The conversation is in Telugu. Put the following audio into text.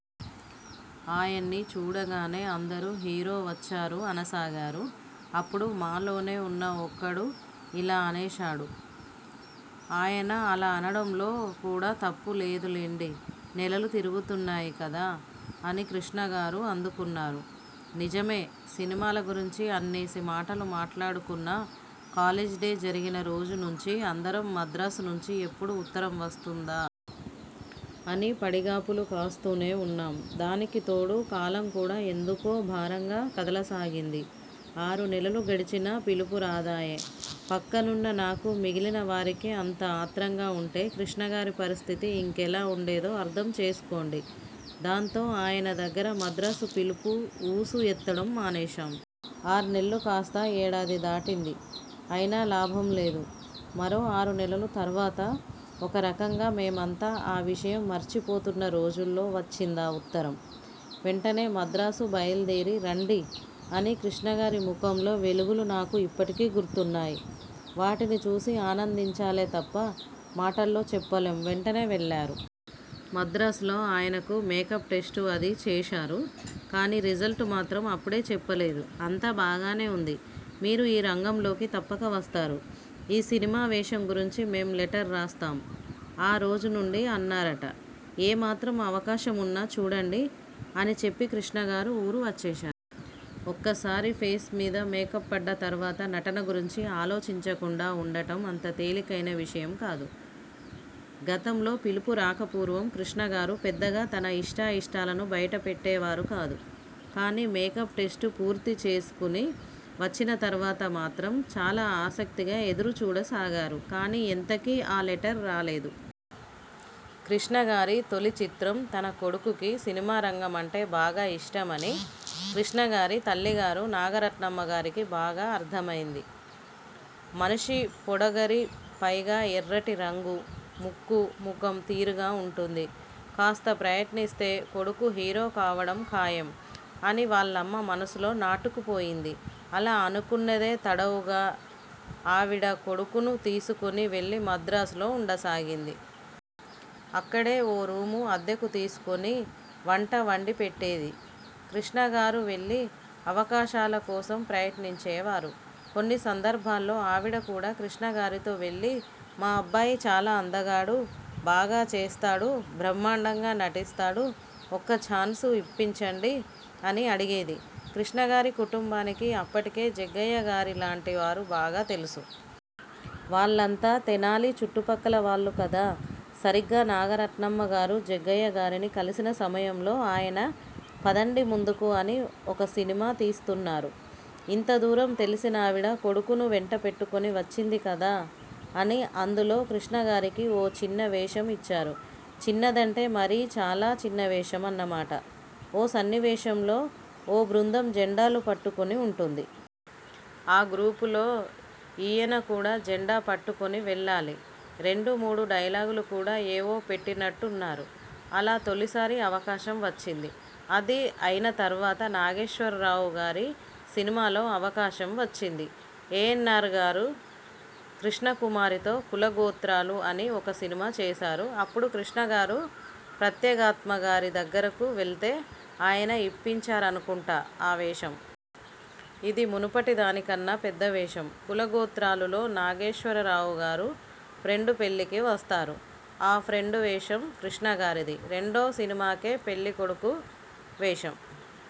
ఆయన్ని చూడగానే అందరూ హీరో వచ్చారు అనసాగారు. అప్పుడు మాలోనే ఉన్న ఒకడు ఇలా అనేశాడు. 'ఆయన అలా అనడంలో కూడా తప్పులేదులెండి. నెలలు తిరుగుతున్నాయి కదా' అని కృష్ణగారు అందుకున్నారు. నిజమే సినిమాల గురించి అన్నేసి మాటలు మాట్లాడుకున్నా, కాలేజ్ డే జరిగిన రోజునుంచీ అందరం మద్రాసు నుంచి ఎప్పుడు ఉత్తరం వస్తుందా? అని పడిగాపులు కాస్తూనే ఉన్నాం. దానికితోడు కాలంకూడా ఎందుకో భారంగా కదలసాగింది. ఆరునెలలు గడిచినా పిలుపు రాదాయె. పక్కనున్న నాకు, మిగిలిన వారికే అంత ఆత్రంగా ఉంటే కృష్ణగారి పరిస్థితి ఇంకేలా ఉండేదో అర్థం చేసుకోండి. దాంతో ఆయన దగ్గర 'మద్రాసు పిలుపు' ఊసు ఎత్తడం మానేశాం. ఆర్నెల్లు కాస్తా ఏడాది దాటింది. అయినా లాభంలేదు. మరో ఆరునెలలు తర్వాత, ఒకరకంగా మేమంతా ఆ విషయం మర్చిపోతున్నరోజుల్లో వచ్చిందా ఉత్తరం. 'వెంటనే మద్రాసు బయలుదేరి రండి' అని. కృష్ణగారి ముఖంలో వెలుగులు నాకు ఇప్పటికీ గుర్తున్నాయి. వాటిని చూసి ఆనందించాలేతప్ప, మాటల్లో చెప్పలేం. వెంటనే వెళ్లారు. మద్రాసులో ఆయనకు మేకప్టెస్ట్ అదీ చేశారు. కానీ రిజల్ట్ మాత్రం అప్పుడే చెప్పలేదు. 'అంతా బాగానే ఉంది. మీరు ఈ రంగంలోకి తప్పక వస్తారు. ఈ సినిమా వేషంగురించి మేం లెటర్ రాస్తాం. ఆ రోజునుండి' అన్నారట. 'ఏమాత్రం అవకాశం ఉన్నా చూడండి ' అనిచెప్పి కృష్ణగారు ఊరు వచ్చేశారు. ఒక్కసారి ఫేస్మీద మేకప్ పడ్డ తర్వాత నటనగురించి ఆలోచించకుండా ఉండటం అంత తేలికైన విషయం కాదు. గతంలో పిలుపు రాకపూర్వం కృష్ణగారు పెద్దగా తన ఇష్టాయిష్టాలను బయటపెట్టేవారు కాదు. కానీ మేకప్టెస్ట్ పూర్తిచేసుకుని వచ్చిన తర్వాత మాత్రం చాలా ఆసక్తిగా ఎదురుచూడసాగారు. కానీ ఎంతకీ ఆ లెటర్ రాలేదు. కృష్ణగారి తొలిచిత్రం తన కొడుకుకి సినిమారంగం అంటే బాగా ఇష్టమని కృష్ణగారి తల్లిగారు నాగరత్నమ్మగారికి బాగా అర్థమైంది. 'మనిషి పొడగరి. పైగా ఎర్రటిరంగు. ముక్కూ, ముఖం తీరుగా ఉంటుంది. కాస్త ప్రయత్నిస్తే కొడుకు హీరో కావడం ఖాయం' అని వాళ్లమ్మ మనసులో నాటుకుపోయింది. అలా అనుకున్నదే తడవుగా ఆవిడ కొడుకును తీసుకుని వెళ్లి మద్రాసులో ఉండసాగింది. అక్కడే ఓ రూము అద్దెకు తీసుకుని వంట వండిపెట్టేది. కృష్ణగారు వెళ్లి అవకాశాలకోసం ప్రయత్నించేవారు. కొన్ని సందర్భాల్లో ఆవిడ కూడా కృష్ణగారితో వెళ్లి 'మా అబ్బాయి చాలా అందగాడు. బాగా చేస్తాడు, బ్రహ్మాండంగా నటిస్తాడు, ఒక్కఛాన్స్ ఇప్పించండి' అని అడిగేది. కృష్ణగారి కుటుంబానికి అప్పటికే జగ్గయ్యగారిలాంటి వారు బాగా తెలుసు. వాళ్లంతా తెనాలి చుట్టుపక్కలవాళ్లు కదా. సరిగ్గా నాగరత్నమ్మగారు జగ్గయ్యగారిని కలిసిన సమయంలో ఆయన 'పదండి ముందుకు' అని ఒక సినిమా తీస్తున్నారు. ఇంతదూరం తెలిసినావిడ కొడుకును వెంటపెట్టుకుని వచ్చిందికదా అని అందులో కృష్ణగారికి ఓ చిన్నవేషం ఇచ్చారు. చిన్నదంటే మరీ చాలా చిన్నవేషం అన్నమాట. ఓ సన్నివేశంలో ఓ బృందం జండాలు పట్టుకుని ఉంటుంది. ఆ గ్రూపులో ఈయన కూడా జెండా పట్టుకుని వెళ్లాలి. రెండు మూడు డైలాగులు కూడా ఏవో పెట్టినట్టున్నారు. అలా తొలిసారి అవకాశం వచ్చింది. అది అయిన తర్వాత నాగేశ్వరరావుగారి సినిమాలో అవకాశం వచ్చింది. ఏఎన్నార్గారు కృష్ణకుమారితో 'కులగోత్రాలు' అని ఒక సినిమా చేశారు. అప్పుడు కృష్ణగారు ప్రత్యగాత్మగారిదగ్గరకు వెళ్తే ఆయన ఇప్పించారనుకుంటా ఆ వేషం. ఇది మునుపటి దానికన్నా పెద్ద వేషం. 'కులగోత్రాలు'లో నాగేశ్వరరావుగారు ఫ్రెండ్ పెళ్ళికి వస్తారు. ఆ ఫ్రెండ్ వేషం కృష్ణగారిది. రెండో సినిమాకే పెళ్ళికొడుకు వేషం